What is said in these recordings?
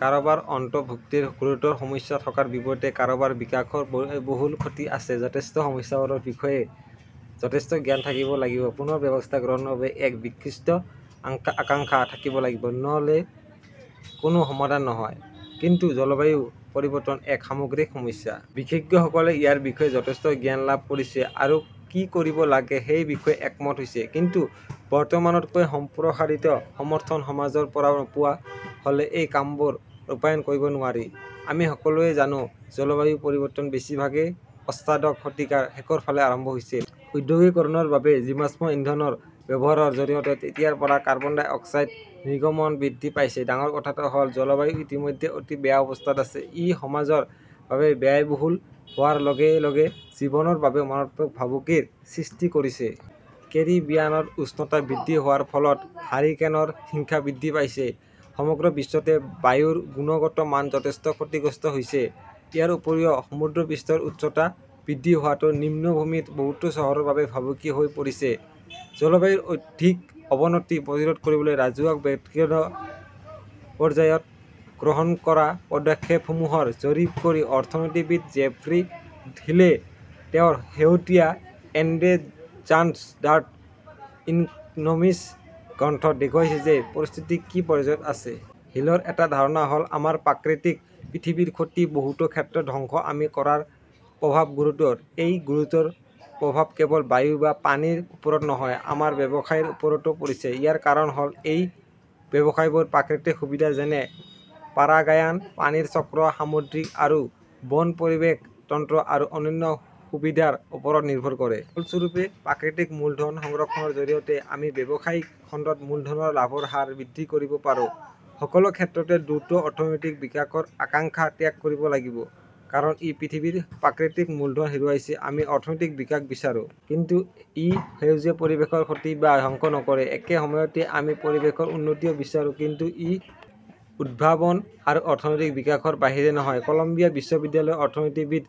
কাৰোবাৰ অন্তৰ্ভুক্তিৰ গুৰুতৰ সমস্যা থকাৰ বিপৰীতে কাৰোবাৰ বিকাশৰ ব্যয়বহুল ক্ষতি আছে। সমাজৰ সমস্যাবোৰৰ বিষয়ে যথেষ্ট জ্ঞান থাকিব লাগিব। পুনৰ ব্যৱস্থা গ্ৰহণৰ বাবে এক বিস্তৃত আকাংক্ষা থাকিব লাগিব। নহ "লে কোনো সমাধান নহয়। কিন্তু জলবায়ু পৰিৱৰ্তন এক সামগ্ৰিক সমস্যা। বিশেষজ্ঞসকলে ইয়াৰ বিষয়ে যথেষ্ট জ্ঞান লাভ কৰিছে আৰু কি কৰিব লাগে সেই বিষয়ে একমত হৈছে। কিন্তু বৰ্তমানতকৈ সম্প্ৰসাৰিত সমৰ্থন সমাজৰ পৰা নোপোৱা হ "লে এই কামবোৰ ৰূপায়ণ কৰিব নোৱাৰি। আমি সকলোৱে জানো, জলবায়ু পৰিৱৰ্তন বেছিভাগেই অষ্টাদশ শতিকাৰ শেষৰ ফালে আৰম্ভ হৈছিল। ঔদ্যোগিকৰণৰ বাবে জীৱাশ্ম ইন্ধনৰ ব্যৱহাৰৰ জৰিয়তে। তেতিয়াৰ পৰা কাৰ্বন ডাই অক্সাইড নিৰ্গমন বৃদ্ধি পাইছে। ডাঙৰ কথাটো হ 'ল, জলবায়ু ইতিমধ্যে অতি বেয়া অৱস্থাত আছে। ই সমাজৰ বাবে ব্যয়বহুল হোৱাৰ লগে লগে জীৱনৰ বাবেও মাৰাত্মক ভাবুকিৰ সৃষ্টি কৰিছে। কেৰিবিয়ানত উষ্ণতা বৃদ্ধি হোৱাৰ ফলত হাৰিকেনৰ হিংসা বৃদ্ধি পাইছে। সমগ্ৰ বিশ্বতে বায়ুৰ গুণগত মান যথেষ্ট ক্ষতিগ্ৰস্ত হৈছে। ইয়াৰ উপৰিও সমুদ্ৰপৃষ্ঠৰ উচ্চতা বৃদ্ধি হোৱাটো নিম্নভূমিৰ বহুতো চহৰৰ বাবে ভাবুকি হৈ পৰিছে। জলবায়ুৰ অধিক অৱনতি প্ৰতিৰোধ কৰিবলৈ ৰাজহুৱা-ব্যক্তিগত পৰ্যায়ত গ্ৰহণ কৰা পদক্ষেপসমূহৰ জৰীপ কৰি অৰ্থনীতিবিদ জেফ্ৰী হিলে তেওঁৰ শেহতীয়া এণ্ডেঞ্জাৰ্ড ইকনমিজ গ্ৰন্থত দেখুৱাইছে যে পৰিস্থিতি কি পৰ্যায়ত আছে। হিলৰ এটা ধাৰণা হ "ল, আমাৰ প্ৰাকৃতিক পৃথিৱীৰ ক্ষতি-বহুতো ক্ষেত্ৰত ধ্বংস-আমি কৰাৰ প্ৰভাৱ গুৰুতৰ। এই গুৰুতৰ প্ৰভাৱ কেৱল বায়ু আৰু পানীৰ ওপৰত নহয়, আমাৰ ব্যৱসায়ৰ ওপৰতো পৰিছে। ইয়াৰ কাৰণ হ "ল এই ব্যৱসায়বোৰ প্ৰাকৃতিক সুবিধা যেনে পৰাগায়ন, পানীৰ চক্ৰ, সামুদ্ৰিক আৰু বন পৰিৱেশ তন্ত্ৰ আৰু অন্যান্য সুবিধাৰ ওপৰত নিৰ্ভৰ কৰে। ফলস্বৰূপে 'প্ৰাকৃতিক মূলধন "সংৰক্ষণৰ জৰিয়তে আমি ব্যৱসায়িক খণ্ডত মূলধনৰ লাভৰ হাৰ বৃদ্ধি কৰিব পাৰোঁ। সকলো ক্ষেত্ৰতে দ্ৰুত অৰ্থনৈতিক বিকাশৰ আকাংক্ষা ত্যাগ কৰিব লাগিব। কাৰণ, ই পৃথিৱীৰ প্ৰাকৃতিক মূলধন হেৰুৱাইছে। আমি অৰ্থনৈতিক বিকাশ বিচাৰো। কিন্তু ই 'সেউজীয়া "পৰিৱেশৰ ক্ষতি বা ধ্বংস নকৰে। একে সময়তে আমি পৰিৱেশৰ উন্নতিও বিচাৰো। কিন্তু ই উদ্ভাৱন আৰু অৰ্থনৈতিক বিকাশৰ বাহিৰে নহয়। কলম্বিয়া বিশ্ববিদ্যালয়ৰ অৰ্থনীতিবিদ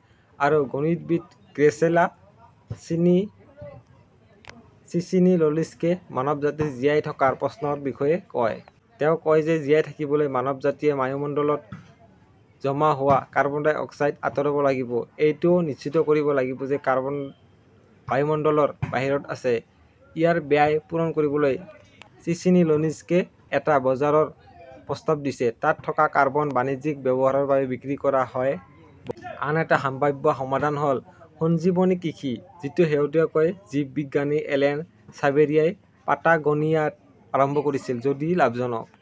আৰু গণিতবিদ গ্ৰেচেলা চিচিনিলনিস্কিয়ে মানৱজাতিৰ জীয়াই থকাৰ প্ৰশ্নৰ বিষয়ে কয়। তেওঁ কয় যে জীয়াই থাকিবলৈ মানৱজাতিয়ে বায়ুমণ্ডলত জমা হোৱা কাৰ্বন ডাই অক্সাইড আঁতৰাব লাগিব। এইটোও নিশ্চিত কৰিব লাগিব যে কাৰ্বন বায়ুমণ্ডলৰ বাহিৰত আছে। ইয়াৰ ব্যয় পূৰণ কৰিবলৈ চিচিনিলনিস্কিয়ে এটা বজাৰৰ প্ৰস্তাৱ দিছে। তাত থকা কাৰ্বন বাণিজ্যিক ব্যৱহাৰৰ বাবে বিক্ৰী কৰা হ "ব। আন এটা সম্ভাৱ্য সমাধান হ "ল 'সঞ্জীৱনী কৃষি", যিটো শেহতীয়াকৈ জীৱবিজ্ঞানী এলেন ছাভেৰীয়ে পাটাগোনিয়াত আৰম্ভ কৰিছিল। যদি লাভজনক